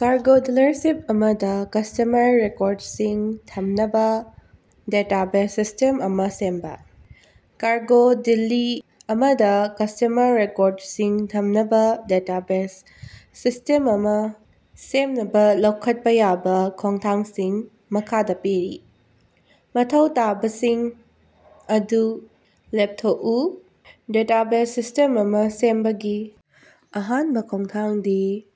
Cargo dealership ꯑꯃꯗ customer ꯔꯦꯀꯣꯔꯗꯁꯤꯡ ꯊꯝꯅꯕ ꯗꯦꯇꯥꯕꯦꯖ ꯁꯤꯁꯇꯦꯝ ꯑꯃ ꯁꯦꯝꯕ꯫ ꯀꯥꯔꯒꯣ ꯗꯤꯜꯂꯤ ꯑꯃꯗ ꯀꯁꯇꯃꯔ ꯔꯦꯀꯣꯔꯗꯁꯤꯡ ꯊꯝꯅꯕ ꯗꯦꯇꯥꯕꯦꯖ ꯁꯤꯁ꯭ꯇꯦꯝ ꯑꯃ ꯁꯦꯝꯅꯕ ꯂꯧꯈꯠꯄ ꯌꯥꯕ ꯈꯣꯡꯊꯥꯡꯁꯤꯡ ꯃꯈꯥꯗ ꯄꯤꯔꯤ: ꯃꯊꯧ ꯇꯥꯕꯁꯤꯡ ꯑꯗꯨ ꯂꯦꯞꯊꯣꯛꯎ: ꯗꯦꯇꯥꯕꯦꯖ ꯁꯤꯁꯇꯦꯝ ꯑꯃ ꯁꯦꯝꯕꯒꯤ ꯑꯍꯥꯟꯕ ꯈꯣꯡꯊꯥꯡꯗꯤ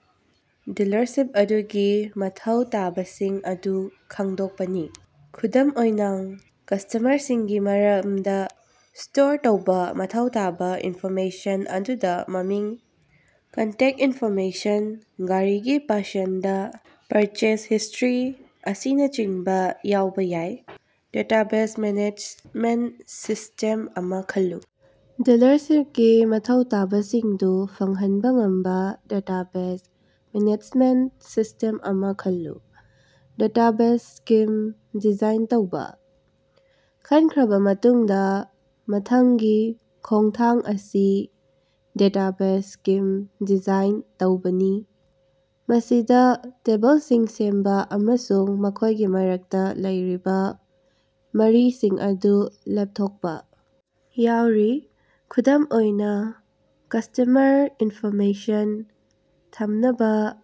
ꯗꯤꯂꯔꯁꯤꯞ ꯑꯗꯨꯒꯤ ꯃꯊꯧ ꯇꯥꯕꯁꯤꯡ ꯑꯗꯨ ꯈꯪꯗꯣꯛꯄꯅꯤ꯫ ꯈꯨꯗꯝ ꯑꯣꯏꯅꯥꯡ, ꯀꯁꯇꯃꯔꯁꯤꯡꯒꯤ ꯃꯔꯝꯗ ꯁ꯭ꯇꯣꯔ ꯇꯧꯕ ꯃꯊꯧ ꯇꯥꯕ ꯏꯟꯐꯣꯔꯃꯦꯁꯟ ꯑꯗꯨꯗ ꯃꯃꯤꯡ, ꯀꯟꯇꯦꯛꯇ ꯏꯟꯐꯣꯔꯃꯦꯁꯟ, ꯒꯥꯔꯤꯒꯤ ꯄꯁꯟꯗ, ꯄꯔꯆꯦꯖ ꯍꯤꯁꯇꯔꯤ, ꯑꯁꯤꯅꯆꯤꯡꯕ ꯌꯥꯎꯕ ꯌꯥꯏ꯫ ꯗꯦꯇꯥꯕꯦꯖ ꯃꯦꯅꯦꯖꯃꯦꯟꯇ ꯁꯤꯁꯇꯦꯝ ꯑꯃ ꯈꯜꯂꯨ: ꯗꯤꯂꯔꯁꯤꯞꯀꯤ ꯃꯊꯧ ꯇꯥꯕꯁꯤꯡꯗꯨ ꯐꯪꯍꯟꯕ ꯉꯝꯕ ꯗꯦꯇꯥꯕꯦꯖ ꯃꯦꯅꯦꯖꯃꯦꯟꯇ ꯁꯤꯁꯇꯦꯝ ꯑꯃ ꯈꯜꯂꯨ꯫ ꯗꯦꯇꯥꯕꯦꯖ ꯁ꯭ꯀꯤꯝ ꯗꯤꯖꯥꯏꯟ ꯇꯧꯕ: ꯈꯟꯈ꯭ꯔꯕ ꯃꯇꯨꯡꯗ ꯃꯊꯪꯒꯤ ꯈꯣꯡꯊꯥꯡ ꯑꯁꯤ ꯗꯦꯇꯥꯕꯦꯖ ꯁ꯭ꯀꯤꯝ ꯗꯤꯖꯥꯏꯟ ꯇꯧꯕꯅꯤ꯫ ꯃꯁꯤꯗ ꯇꯦꯕꯜꯁꯤꯡ ꯁꯦꯝꯕ ꯑꯃꯁꯨꯡ ꯃꯈꯣꯏꯒꯤ ꯃꯔꯛꯇ ꯂꯩꯔꯤꯕ ꯃꯔꯤꯁꯤꯡ ꯑꯗꯨ ꯂꯦꯞꯊꯣꯛꯄ ꯌꯥꯎꯔꯤ꯫ ꯈꯨꯗꯝ ꯑꯣꯏꯅ, ꯀꯁꯇꯃꯔ ꯏꯟꯐꯣꯔꯃꯦꯁꯟ ꯊꯝꯅꯕ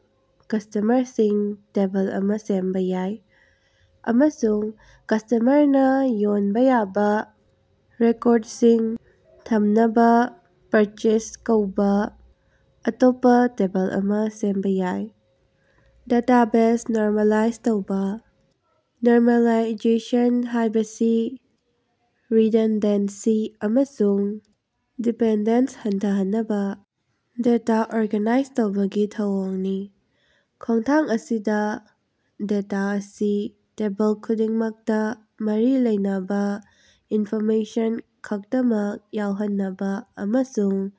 ꯀꯁꯇꯃꯔꯁꯤꯡ ꯇꯦꯕꯜ ꯑꯃ ꯁꯦꯝꯕ ꯌꯥꯏ, ꯑꯃꯁꯨꯡ ꯀꯁꯇꯃꯔꯅ ꯌꯣꯟꯕ ꯌꯥꯕ ꯔꯦꯀꯣꯔꯗꯁꯤꯡ ꯊꯝꯅꯕ ꯄꯔꯆꯦꯖ ꯀꯧꯕ ꯑꯇꯣꯞꯄ ꯇꯦꯕꯜ ꯑꯃ ꯁꯦꯝꯕ ꯌꯥꯏ꯫ ꯗꯥꯇꯥꯕꯦꯖ ꯅꯣꯔꯃꯦꯂꯥꯏꯖ ꯇꯧꯕ: ꯅꯣꯔꯃꯦꯂꯥꯏꯖꯦꯁꯟ ꯍꯥꯏꯕꯁꯤ ꯔꯤꯗꯟꯗꯦꯟꯁꯤ ꯑꯃꯁꯨꯡ ꯗꯤꯄꯦꯟꯗꯦꯟꯁ ꯍꯟꯊꯍꯟꯅꯕ ꯗꯦꯇꯥ ꯑꯣꯔꯒꯅꯥꯏꯖ ꯇꯧꯕꯒꯤ ꯊꯧꯑꯣꯡꯅꯤ꯫ ꯈꯣꯡꯊꯥꯡ ꯑꯁꯤꯗꯥ, ꯗꯦꯇꯥ ꯑꯁꯤ ꯇꯦꯕꯜ ꯈꯨꯗꯤꯡꯃꯛꯇꯥ ꯃꯔꯤ ꯂꯩꯅꯕ ꯏꯟꯐꯣꯔꯃꯦꯁꯟ ꯈꯛꯇꯃꯛ ꯌꯥꯎꯍꯟꯅꯕ ꯑꯃꯁꯨꯡ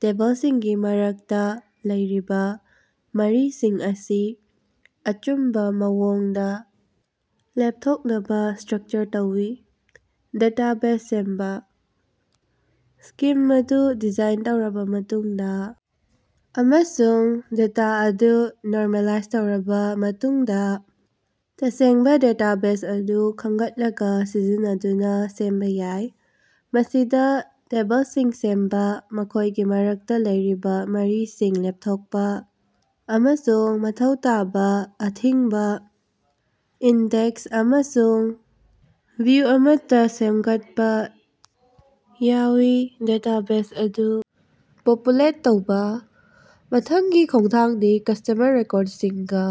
ꯇꯦꯕꯜꯁꯤꯡꯒꯤ ꯃꯔꯛꯇ ꯂꯩꯔꯤꯕ ꯃꯔꯤꯁꯤꯡ ꯑꯁꯤ ꯑꯆꯨꯝꯕ ꯃꯑꯣꯡꯗ ꯂꯦꯞꯊꯣꯛꯅꯕ ꯁ꯭ꯇꯔꯛꯆꯔ ꯇꯧꯏ꯫ ꯗꯦꯇꯥꯕꯦꯖ ꯁꯦꯝꯕ: ꯁ꯭ꯀꯤꯝ ꯑꯗꯨ ꯗꯤꯖꯥꯏꯟ ꯇꯧꯔꯕ ꯃꯇꯨꯡꯗ ꯑꯃꯁꯨꯡ ꯗꯦꯇꯥ ꯑꯗꯨ ꯅꯣꯔꯃꯦꯂꯥꯏꯖ ꯇꯧꯔꯕ ꯃꯇꯨꯡꯗ, ꯇꯁꯦꯡꯕ ꯗꯦꯇꯥꯕꯦꯖ ꯑꯗꯨ ꯈꯟꯒꯠꯂꯒ ꯁꯤꯖꯤꯟꯅꯗꯨꯅ ꯁꯦꯝꯕ ꯌꯥꯏ꯫ ꯃꯁꯤꯗ ꯇꯦꯕꯜꯁꯤꯡ ꯁꯦꯝꯕ, ꯃꯈꯣꯏꯒꯤ ꯃꯔꯛꯇ ꯂꯩꯔꯤꯕ ꯃꯔꯤꯁꯤꯡ ꯂꯦꯞꯊꯣꯛꯄ, ꯑꯃꯁꯨꯡ ꯃꯊꯧ ꯇꯥꯕ ꯑꯊꯤꯡꯕ ꯏꯟꯗꯦꯛꯁ ꯑꯃꯁꯨꯡ ꯚꯤꯎ ꯑꯃꯠꯇ ꯁꯦꯝꯒꯠꯄ ꯌꯥꯎꯏ꯫ ꯗꯦꯇꯥꯕꯦꯖ ꯑꯗꯨ ꯄꯣꯄꯨꯂꯦꯠ ꯇꯧꯕ: ꯃꯊꯪꯒꯤ ꯈꯣꯡꯊꯥꯡꯗꯤ ꯀꯁꯇꯃꯔ ꯔꯦꯀꯣꯔꯗꯁꯤꯡꯒꯥ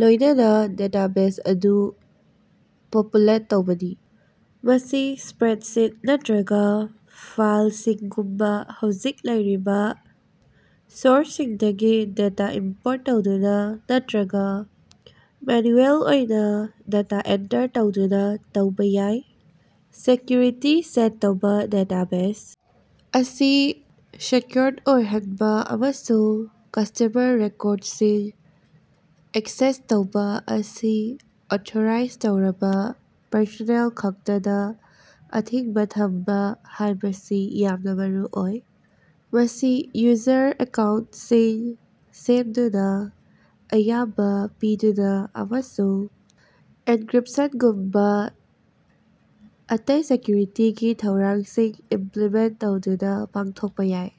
ꯂꯣꯌꯅꯅꯥ ꯗꯦꯇꯥꯕꯦꯖ ꯑꯗꯨ ꯄꯣꯄꯨꯂꯦꯠ ꯇꯧꯕꯅꯤ꯫ ꯃꯁꯤ ꯁ꯭ꯄꯔꯦꯗꯁꯤꯠ ꯅꯠꯇ꯭ꯔꯒ ꯐꯥꯏꯜꯁꯤꯡꯒꯨꯝꯕ ꯍꯧꯖꯤꯛ ꯂꯩꯔꯤꯕ ꯁꯣꯔꯁꯁꯤꯡꯗꯒꯤ ꯗꯦꯇꯥ ꯏꯝꯄꯣꯔꯠ ꯇꯧꯗꯨꯅ ꯅꯠꯇ꯭ꯔꯒ ꯃꯦꯅꯨꯑꯦꯜ ꯑꯣꯏꯅ ꯗꯦꯇꯥ ꯑꯦꯟꯇꯔ ꯇꯧꯗꯨꯅ ꯇꯧꯕ ꯌꯥꯏ꯫ ꯁꯦꯀ꯭ꯌꯨꯔꯤꯇꯤ ꯁꯦꯠ ꯇꯧꯕ: ꯗꯦꯇꯥꯕꯦꯖ ꯑꯁꯤ ꯁꯦꯀ꯭ꯌꯨꯑꯣꯔ ꯑꯣꯏꯍꯟꯕ ꯑꯃꯁꯨꯡ ꯀꯁꯇꯃꯔ ꯔꯦꯀꯣꯔꯗꯁꯤꯡ ꯑꯦꯛꯁꯦꯁ ꯇꯧꯕ ꯑꯁꯤ ꯑꯣꯊꯣꯔꯥꯏꯖ ꯇꯧꯔꯕ ꯄꯔꯁꯣꯅꯦꯜ ꯈꯛꯇꯗ ꯑꯊꯤꯡꯕ ꯊꯝꯕ ꯍꯥꯏꯕꯁꯤ ꯌꯥꯝꯅ ꯃꯔꯨꯑꯣꯏ꯫ ꯃꯁꯤ ꯌꯨꯖꯔ ꯑꯦꯀꯥꯎꯟꯇꯁꯤꯡ ꯁꯦꯝꯗꯨꯅ, ꯑꯌꯥꯕ ꯄꯤꯗꯨꯅ, ꯑꯃꯁꯨꯡ ꯑꯦꯟꯀ꯭ꯔꯤꯞꯁꯟꯒꯨꯝꯕ ꯑꯇꯩ ꯁꯦꯀ꯭ꯌꯨꯔꯤꯇꯤꯒꯤ ꯊꯧꯔꯥꯡꯁꯤꯡ ꯏꯝꯄ꯭ꯂꯤꯃꯦꯟꯇ ꯇꯧꯗꯨꯅ ꯄꯥꯡꯊꯣꯛꯄ ꯌꯥꯏ꯫